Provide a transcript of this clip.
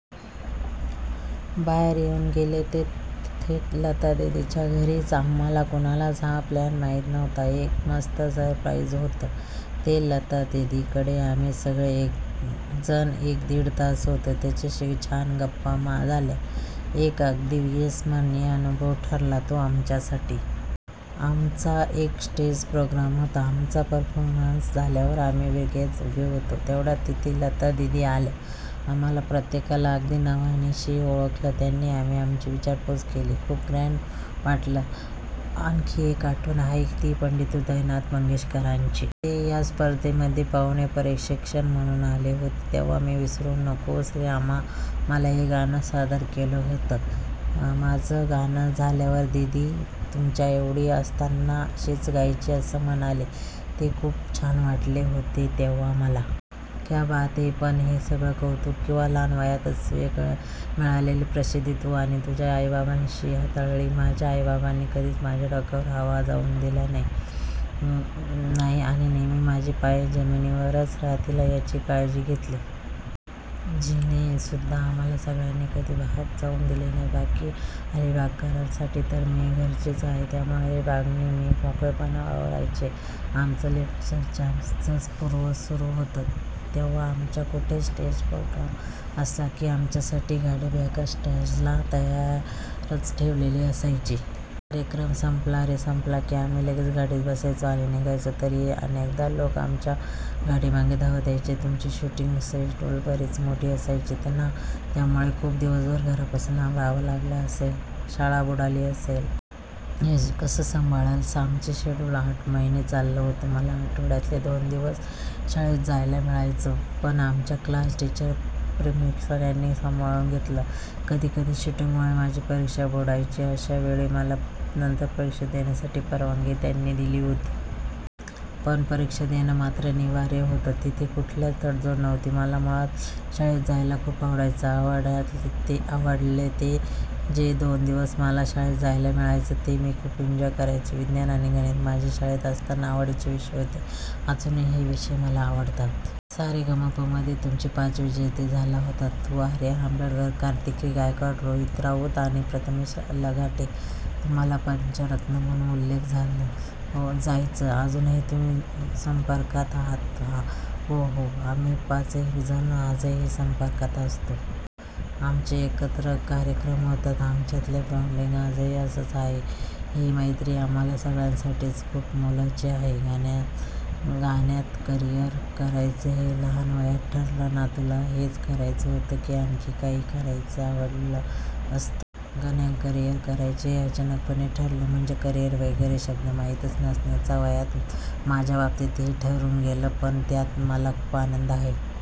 बाहेर घेऊन गेले ते थेट लतादीदींच्या घरीच! आम्हांला कुणालाच हा प्लॅन माहीत नव्हता. एक मस्त सरप्राइझ होतं ते. लतादीदींकडे आम्ही सगळे जण एक-दीड तास होतो. त्यांच्याशी छान गप्पा झाल्या. एक अगदी अविस्मरणीय अनुभव ठरला तो आमच्यासाठी. आमचा एक स्टेज प्रोग्रॅम होता. आमचा परफॉर्मन्स झाल्यावर आम्ही विंगेत उभे होतो. तेवढ्यात तिथे लतादीदी आल्या. आम्हां प्रत्येकाला अगदी नावानिशी ओळखलं त्यांनी आणि आमची विचारपूस केली. खूप ग्रॅण्ड वाटलं! आणखी एक आठवण आहे ती पंडित हृदयनाथ मंगेशकरांची. ते या स्पर्धेमध्ये पाहुणे परीक्षक म्हणून आले होते. तेव्हा मी 'विसरू नको श्रीरामा मला' हे गाणं सादर केलं होतं. माझं गाणं झाल्यावर 'दीदी तुझ्याएवढी असताना अशीच गायची' असं म्हणाले ते! खूप छान वाटलं होतं तेव्हा मला!! क्या बात हैं! पण हे सगळं कौतुक किंवा लहान वयातच मिळालेली प्रसिद्धी तू आणि तुझ्या आई-बाबांनी कशी हाताळलीत? -माझ्या आई-बाबांनी कधी माझ्या डोक्यात हवा जाऊ दिली नाही आणि नेहमी माझे पाय जमिनीवरच राहतील याची काळजी घेतली. 'झी'ने सुद्धा आम्हा सगळ्यांना कधी वाहवत जाऊ दिलं नाही. बाकी अलिबागकरांसाठी तर मी घरचीच आहे. त्यामुळे अलिबागमध्ये मी मोकळेपणाने वावरायचे. आमचं 'लिट्ल चॅम्प्स'चं पर्व सुरू होतं तेव्हा आमचा कुठे स्टेज प्रोग्रॅम असला की, आमच्यासाठी गाडी बॅकस्टेजला तयारच ठेवलेली असायची. कार्यक्रम संपला रे संपला की आम्ही लगेच गाडीत बसायचो आणि निघायचो. तरीही अनेकदा लोक आमच्या गाडीमागे धावत यायचे! तुमची शूटिंग शेड्यूल्स बरीच मोठी असायची ना? त्यावेळी खूप दिवस घरापासून लांब राहावं लागलं असेल, शाळा बुडाली असेल.. हे कसं संभाळलंस? -आमचं शेड्युल आठ महिने चाललं होतं. मला आठवड्यातले दोन दिवसच शाळेत जायला मिळायचं. पण आमच्या क्लास टीचर, प्रिन्सिपल यांनी खूप सांभाळून घेतलं. कधी कधी शूटिंगमुळे माझी परीक्षा बुडायची. अशा वेळी मला नंतर परीक्षा देण्याची परवानगी त्यांनी दिली होती. पण परीक्षा देणं मात्र अनिवार्य होतं. तिथे कुठलीच तडजोड नव्हती. मला मुळात शाळेत जायला खूप आवडायचं. आठवड्यातले जे दोन दिवस मला शाळेत जायला मिळायचं ते मी खूप एन्जॉय करायचे. विज्ञान आणि गणित हे माझे शाळेत असताना आवडते विषय होते, अजूनही हे विषय मला आवडतातच. 'सारेगमप'मध्ये तुम्ही पाच विजेते झाला होतात- तू, आर्या आंबेकर, कार्तिकी गायकवाड, रोहित राऊत आणि प्रथमेश लघाटे. तुम्हांला 'पंचरत्न' म्हणून उल्लेखलं जायचं. अजूनही तुम्ही संपर्कात आहात का? -हो हो. आम्ही पाचही जण आजही संपर्कात असतो. आमचे एकत्र कार्यक्रम होतात. आमच्यातलं बॉण्डिंग आजही तसंच आहे. ही मैत्री आम्हा सगळ्यांसाठीच खूप मोलाची आहे! गाण्यात करियर करायचं हे लहान वयात ठरलं ना? तुला हेच करायचं होतं, की आणखी काही करायला आवडलं असतं? -गाण्यात करियर करायचं हे अचानकपणेच ठरलं. म्हणजे करियर वगैरे शब्द माहीतही नसण्याच्या वयात माझ्या बाबतीत हे ठरून गेलं. पण त्यात मला खूप आनंद आहे.